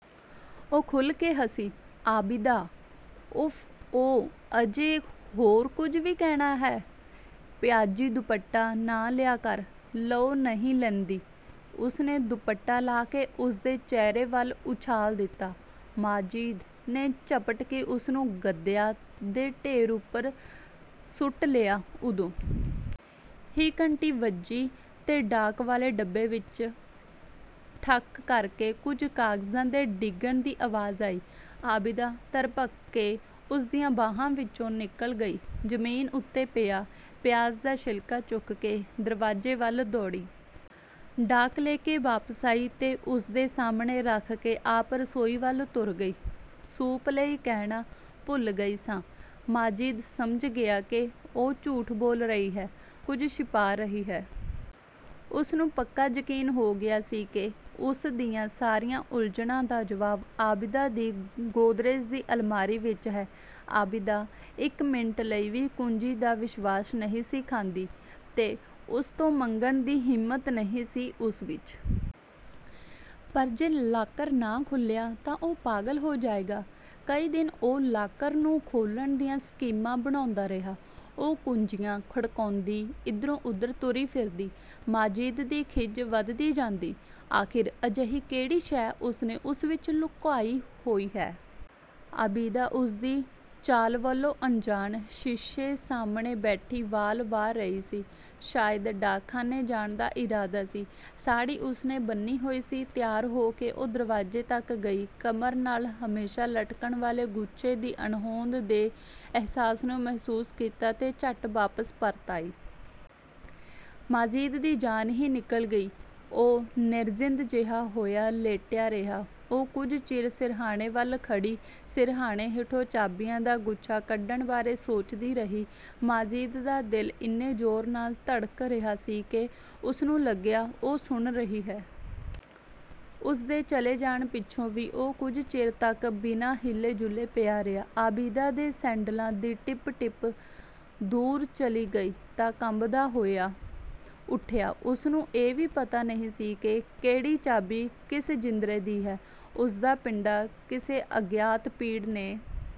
ਉਹ ਖੁੱਲ੍ਹ ਕੇ ਹੱਸੀ। "ਆਬਿਦਾ!" "ਉਫ਼-ਓ, ਅਜੇ ਹੋਰ ਕੁਝ ਵੀ ਕਹਿਣਾ ਹੈ?" "ਪਿਆਜ਼ੀ ਦੁਪੱਟਾ ਨਾ ਲਿਆ ਕਰ।" "ਲਓ ਨਹੀਂ ਲੈਂਦੀ।" ਉਸਨੇ ਦੁਪੱਟਾ ਲਾਹ ਕੇ ਉਸਦੇ ਚਿਹਰੇ ਵੱਲ ਉਛਾਲ ਦਿੱਤਾ। ਮਾਜਿਦ ਨੇ ਝਪਟ ਕੇ ਉਸਨੂੰ ਗੱਦਿਆਂ ਦੇ ਢੇਰ ਉੱਪਰ ਸੁੱਟ ਲਿਆ। ਉਦੋਂ ਹੀ ਘੰਟੀ ਵੱਜੀ ਤੇ ਡਾਕ ਵਾਲੇ ਡੱਬੇ ਵਿੱਚ ਠੱਕ ਕਰਕੇ ਕੁਝ ਕਾਗਜ਼ਾਂ ਦੇ ਡਿੱਗਣ ਦੀ ਆਵਾਜ਼ ਆਈ। ਆਬਿਦਾ ਤ੍ਰਭਕ ਕੇ ਉਸਦੀਆਂ ਬਾਹਾਂ ਵਿੱਚੋਂ ਨਿਕਲ ਗਈ। ਜ਼ਮੀਨ ਉੱਤੇ ਪਿਆ 'ਪਿਆਜ਼ ਦਾ ਛਿਲਕਾ' ਚੁੱਕ ਕੇ ਦਰਵਾਜ਼ੇ ਵੱਲ ਦੌੜੀ। ਡਾਕ ਲੈ ਕੇ ਵਾਪਸ ਆਈ ਤੇ ਉਸਦੇ ਸਾਹਮਣੇ ਰੱਖ ਕੇ ਆਪ ਰਸੋਈ ਵੱਲ ਤੁਰ ਗਈ, "ਸੂਪ ਲਈ ਕਹਿਣਾ ਭੁੱਲ ਗਈ ਸਾਂ।" ਮਾਜਿਦ ਸਮਝ ਗਿਆ ਕਿ ਉਹ ਝੂਠ ਬੋਲ ਰਹੀ ਹੈ, ਕੁਝ ਛਿਪਾ ਰਹੀ ਹੈ। ਉਸਨੂੰ ਪੱਕਾ ਯਕੀਨ ਹੋ ਗਿਆ ਸੀ ਕਿ ਉਸ ਦੀਆਂ ਸਾਰੀਆਂ ਉਲਝਣਾਂ ਦਾ ਜਵਾਬ ਆਬਿਦਾ ਦੀ ਗੋਦਰੇਜ ਦੀ ਅਲਮਾਰੀ ਵਿੱਚ ਹੈ। ਆਬਿਦਾ ਇੱਕ ਮਿੰਟ ਲਈ ਵੀ ਕੁੰਜੀ ਦਾ ਵਿਸ਼ਵਾਸ ਨਹੀਂ ਸੀ ਖਾਂਦੀ ਤੇ ਉਸ ਤੋਂ ਮੰਗਣ ਦੀ ਹਿੰਮਤ ਨਹੀਂ ਸੀ ਉਸ ਵਿੱਚ। ਪਰ ਜੇ ਲਾਕਰ ਨਾ ਖੁੱਲ੍ਹਿਆ ਤਾਂ ਉਹ ਪਾਗਲ ਹੋ ਜਾਏਗਾ। ਕਈ ਦਿਨ ਉਹ ਲਾਕਰ ਨੂੰ ਖੋਲ੍ਹਣ ਦੀਆਂ ਸਕੀਮਾਂ ਬਣਾਉਂਦਾ ਰਿਹਾ। ਉਹ ਕੁੰਜੀਆਂ ਖੜਕਾਉਂਦੀ ਇੱਧਰੋਂ-ਉੱਧਰ ਤੁਰੀ ਫਿਰਦੀ, ਮਾਜਿਦ ਦੀ ਖਿਝ ਵਧਦੀ ਜਾਂਦੀ। ਆਖਿਰ ਅਜਿਹੀ ਕਿਹੜੀ ਸ਼ੈ ਉਸਨੇ ਉਸ ਵਿੱਚ ਲੁਕਾਈ ਹੋਈ ਹੈ? ਆਬਿਦਾ ਉਸਦੀ ਚਾਲ ਵੱਲੋਂ ਅਨਜਾਣ, ਸ਼ੀਸ਼ੇ ਸਾਹਮਣੇ ਬੈਠੀ ਵਾਲ ਵਾਹ ਰਹੀ ਸੀ। ਸ਼ਾਇਦ ਡਾਕਖਾਨੇ ਜਾਣ ਦਾ ਇਰਾਦਾ ਸੀ, ਸਾੜ੍ਹੀ ਉਸਨੇ ਬੰਨ੍ਹੀ ਹੋਈ ਸੀ। ਤਿਆਰ ਹੋ ਕੇ ਉਹ ਦਰਵਾਜ਼ੇ ਤੱਕ ਗਈ, ਕਮਰ ਨਾਲ ਹਮੇਸ਼ਾ ਲਟਕਣ ਵਾਲੇ ਗੁੱਛੇ ਦੀ ਅਣਹੋਂਦ ਦੇ ਅਹਿਸਾਸ ਨੂੰ ਮਹਿਸੂਸ ਕੀਤਾ ਤੇ ਝੱਟ ਵਾਪਸ ਪਰਤ ਆਈ। ਮਾਜਿਦ ਦੀ ਜਾਨ ਹੀ ਨਿਕਲ ਗਈ। ਉਹ ਨਿਰਜਿੰਦ ਜਿਹਾ ਹੋਇਆ ਲੇਟਿਆ ਰਿਹਾ। ਉਹ ਕੁਝ ਚਿਰ ਸਿਰਹਾਣੇ ਵੱਲ ਖੜ੍ਹੀ, ਸਿਰਹਾਣੇ ਹੇਠੋਂ ਚਾਬੀਆਂ ਦਾ ਗੁੱਛਾ ਕੱਢਣ ਬਾਰੇ ਸੋਚਦੀ ਰਹੀ। ਮਾਜਿਦ ਦਾ ਦਿਲ ਇੰਨੇ ਜ਼ੋਰ ਨਾਲ ਧੜਕ ਰਿਹਾ ਸੀ ਕਿ ਉਸਨੂੰ ਲੱਗਿਆ, ਉਹ ਸੁਣ ਰਹੀ ਹੈ। ਉਸਦੇ ਚਲੇ ਜਾਣ ਪਿੱਛੋਂ ਵੀ ਉਹ ਕੁਝ ਚਿਰ ਤੱਕ ਬਿਨਾਂ ਹਿੱਲੇ-ਜੁੱਲੇ ਪਿਆ ਰਿਹਾ। ਆਬਿਦਾ ਦੇ ਸੈਂਡਲਾਂ ਦੀ ਟਿਪ-ਟਿਪ ਦੂਰ ਚਲੀ ਗਈ ਤਾਂ ਕੰਬਦਾ ਹੋਇਆ ਉੱਠਿਆ। ਉਸਨੂੰ ਇਹ ਵੀ ਪਤਾ ਨਹੀਂ ਸੀ ਕਿ ਕਿਹੜੀ ਚਾਬੀ ਕਿਸ ਜਿੰਦਰੇ ਦੀ ਹੈ। ਉਸਦਾ ਪਿੰਡਾ ਕਿਸੇ ਅਗਿਆਤ ਪੀੜ ਨੇ